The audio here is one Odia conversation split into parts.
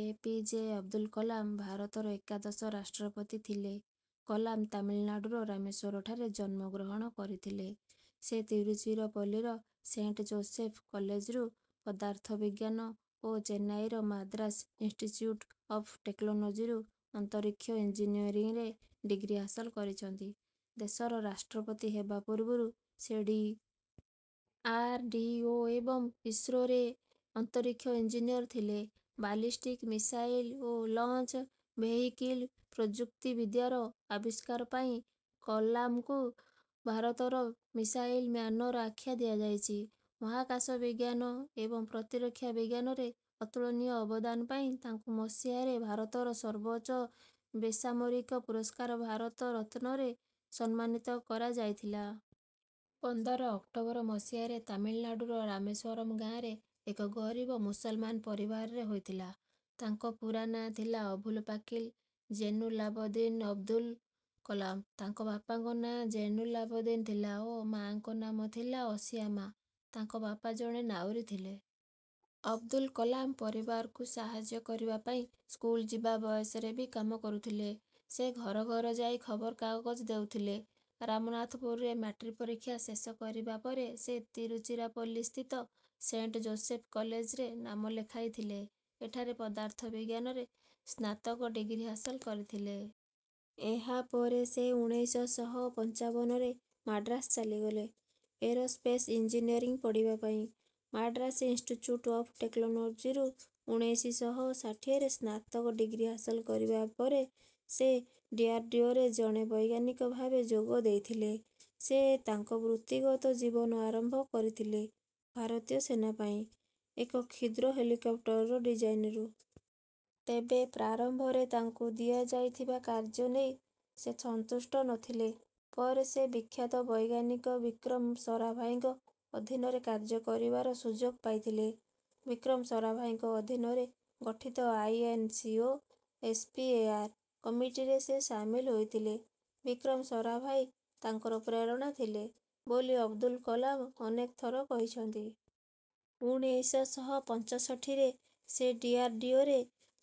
ଏ. ପି. ଜେ. ଅବଦୁଲ କଲାମ ଭାରତର ଏକାଦଶ ରାଷ୍ଟ୍ରପତି ଥିଲେ। କଲାମ ତାମିଲନାଡୁର ରାମେଶ୍ୱର ଠାରେ ଜନ୍ମଗ୍ରହଣ କରିଥିଲେ। ସେ ତିରୁଚିରପଲ୍ଲୀର ସେଣ୍ଟ ଜୋସେଫ୍ କଲେଜରୁ ପଦାର୍ଥ ବିଜ୍ଞାନ ଓ ଚେନ୍ନାଇର ମାଦ୍ରାସ ଇନ୍ସଟିଚ୍ୟୁଟ୍ ଅଫ୍ ଟେକ୍ନୋଲୋଜିରୁ ଅନ୍ତରୀକ୍ଷ ଇଂଜିନିୟରିଂରେ ଡିଗ୍ରୀ ହାସଲ କରିଛନ୍ତି। ଦେଶର ରାଷ୍ଟ୍ରପତି ହେବା ପୂର୍ବରୁ ସେ ଡି. ଆର୍. ଡି. ଓ ଏବଂ ଇସ୍ରୋରେ ଅନ୍ତରୀକ୍ଷ ଇଂଜିନିୟର ଥିଲେ। ବାଲିଷ୍ଟିକ ମିଶାଇଲ୍ ଓ ଲଞ୍ଚ ଭେହିକିଲ୍ ପ୍ରଯୁକ୍ତିବିଦ୍ୟାର ଆବିଷ୍କାର ପାଇଁ କଲାମଙ୍କୁ ଭାରତର ମିଶାଇଲ୍ ମ୍ୟାନର ଆଖ୍ୟା ଦିଆଯାଇଛି। ମହାକାଶ ବିଜ୍ଞାନ ଏବଂ ପ୍ରତିରକ୍ଷା ବିଜ୍ଞାନରେ ଅତୁଳନୀୟ ଅବଦାନ ପାଇଁ ତାଙ୍କୁ ମସିହାରେ ଭାରତର ସର୍ବୋଚ ବେସାମରିକ ପୁରସ୍କାର ଭାରତ ରତ୍ନରେ ସମ୍ମାନିତ କରା ଯାଇଥିଲା। ପନ୍ଦର ଅକ୍ଟୋବର ମସିହାରେ ତାମିଲନାଡୁର ରାମେଶ୍ୱରମ ଗାଁରେ ଏକ ଗରିବ ମୁସଲମାନ ପରିବାରରେ ହୋଇଥିଲା। ତାଙ୍କ ପୂରା ନାଁ ଥିଲା ଅଭୁଲ ପାକିର ଜୈନୁଲାବଦ୍ଦୀନ ଅବଦୁଲ କଲାମ। ତାଙ୍କ ବାପାଙ୍କ ନାଁ ଜୈନୁଲାବଦ୍ଦୀନ ଥିଲା ଓ ମାଙ୍କ ନାମ ଥିଲା ଅସିଆମ୍ମା। ତାଙ୍କ ବାପା ଜଣେ ନାଉରୀ ଥିଲେ। ଅବଦୁଲ କଲାମ ପରିବାରକୁ ସାହାଯ୍ୟ କରିବା ପାଇଁ ସ୍କୁଲ୍ ଯିବା ବୟସରେ ବି କାମ କରୁଥିଲେ। ସେ ଘର ଘର ଯାଇ ଖବରକାଗଜ ଦେଉଥିଲେ। ରାମନାଥପୁରରେ ମାଟ୍ରିକ ଶିକ୍ଷା ଶେଷ କରିବା ପରେ ସେ ତିରୁଚିରାପଲ୍ଲୀ ସ୍ଥିତ ସେଣ୍ଟ ଯୋଶେଫ କଲେଜରେ ନାମ ଲେଖାଇଥିଲେ। ଏଠାର ପଦାର୍ଥ ବିଜ୍ଞାନରେ ସ୍ନାତକ ଡିଗ୍ରୀ ହାସଲ କରିଥିଲେ। ଏହାପରେ ସେ ଉଣେଇଶ ଶହ ପଞ୍ଚାବନରେ ମାଡ୍ରାସ ଚାଲିଗଲେ ଏରୋସ୍ପେସ୍ ଇଂଜିନିୟରିଂ ପଢ଼ିବା ପାଇଁ। ମାଡ୍ରାସ ଇନଷ୍ଟିଚ୍ୟୁଟ୍ ଅଫ୍ ଟେକ୍ନୋଲୋଜିରୁ ଉଣେଇଶ ଶହ ଷାଠିଏରେ ସ୍ନାତକ ଡିଗ୍ରୀ ହାସଲ କରିବା ପରେ ସେ ଡିଆରଡିଓରେ ଜଣେ ବୈଜ୍ଞାନିକ ଭାବେ ଯୋଗ ଦେଇଥିଲେ। ସେ ତାଙ୍କ ବୃତ୍ତିଗତ ଜୀବନ ଆରମ୍ଭ କରିଥିଲେ ଭାରତୀୟ ସେନା ପାଇଁ ଏକ କ୍ଷୁଦ୍ର ହେଲିକପ୍ଟରର ଡିଜାଇନରୁ। ତେବେ ପ୍ରାରମ୍ଭରେ ତାଙ୍କୁ ଦିଆଯାଇଥିବା କାର୍ଯ୍ୟ ନେଇ ସେ ସନ୍ତୁଷ୍ଟ ନଥିଲେ। ପରେ ସେ ବିଖ୍ୟାତ ବୈଜ୍ଞାନିକ ବିକ୍ରମ ସରାଭାଇଙ୍କ ଅଧୀନରେ କାର୍ଯ୍ୟ କରିବାର ସୁଯୋଗ ପାଇଥିଲେ। ବିକ୍ରମ ସରାଭାଇଙ୍କ ଅଧୀନରେ ଗଠିତ ଆଇଏନସିଓଏସପିଏଆର୍ କମିଟିରେ ସେ ସାମିଲ ହୋଇଥିଲେ। ବିକ୍ରମ ସରାଭାଇ ତାଙ୍କର ପ୍ରେରଣା ଥିଲେ ବୋଲି ଅବଦୁଲ କଲାମ ଅନେକ ଥର କହିଛନ୍ତି। ଉଣେଇଶ ଶହ ପଞ୍ଚଷଠିରେ ସେ ଡିଆରଡିଓରେ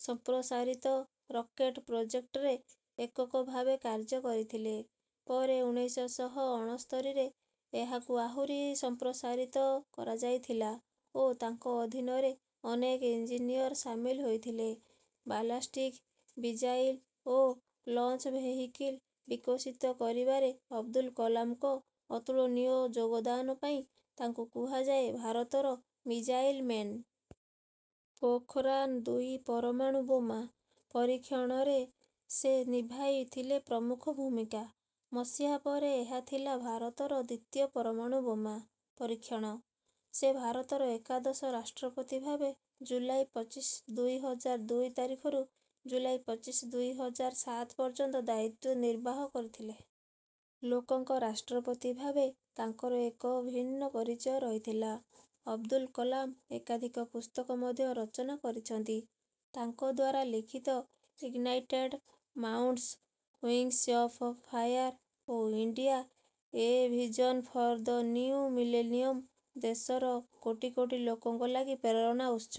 ସଂପ୍ରସାରିତ ରକେଟ୍ ପ୍ରୋଜେକ୍ଟରେ ଏକକ ଭାବେ କାର୍ଯ୍ୟ କରିଥିଲେ। ପରେ ଉଣେଇଶ ଶହ ଅଣସ୍ତରୀରେ ଏହାକୁ ଆହୁରି ସଂପ୍ରସାରିତ କରାଯାଇଥିଲା ଓ ତାଙ୍କ ଅଧୀନରେ ଅନେକ ଇଂଜିନିୟର ସାମିଲ ହୋଇଥିଲେ। ବାଲାଷ୍ଟିକ୍ ମିଜାଇଲ୍ ଓ ଲଞ୍ଚ ଭେହିକିଲ୍ ବିକଶିତ କରିବାରେ ଅବଦୁଲ କଲାମଙ୍କ ଅତୁଳନୀୟ ଯୋଗଦାନ ପାଇଁ ତାଙ୍କୁ କୁହାଯାଏ ଭାରତର ମିଜାଇଲ୍ ମେନ୍। ପୋଖରାନ୍-ଦୁଇ ପରମାଣୁ ବୋମା ପରୀକ୍ଷଣରେ ସେ ନିଭାଇ ଥିଲେ ପ୍ରମୁଖ ଭୂମିକା। ମସିହା ପରେ ଏହା ଥିଲା ଭାରତର ଦ୍ୱିତୀୟ ପରମାଣୁ ବୋମା ପରୀକ୍ଷଣ। ସେ ଭାରତର ଏକାଦଶ ରାଷ୍ଟ୍ରପତି ଭାବେ ଜୁଲାଇ ପଚିଶ ଦୁଇ ହଜାର ଦୁଇ ତାରିଖରୁ ଜୁଲାଇ ପଚିଶ ଦୁଇ ହଜାର ସାତ ପର୍ଯ୍ୟନ୍ତ ଦାୟିତ୍ୱ ନିର୍ବାର୍ହ କରିଥିଲେ। ଲୋକଙ୍କ ରାଷ୍ଟ୍ରପତି ଭାବେ ତାଙ୍କର ଏକ ଭିନ୍ନ ପରିଚୟ ରହିଥିଲା। ଅବଦୁଲ କଲାମ ଏକାଧିକ ପୁସ୍ତକ ମଧ୍ୟ ରଚନା କରିଛନ୍ତି। ତାଙ୍କଦ୍ୱାରା ଲିଖିତ ignited minds wings of fire ଓ India a vision for the new millennium ଦେଶର କୋଟି କୋଟି ଲୋକଙ୍କ ଲାଗି ପ୍ରେରଣାର ଉତ୍ସ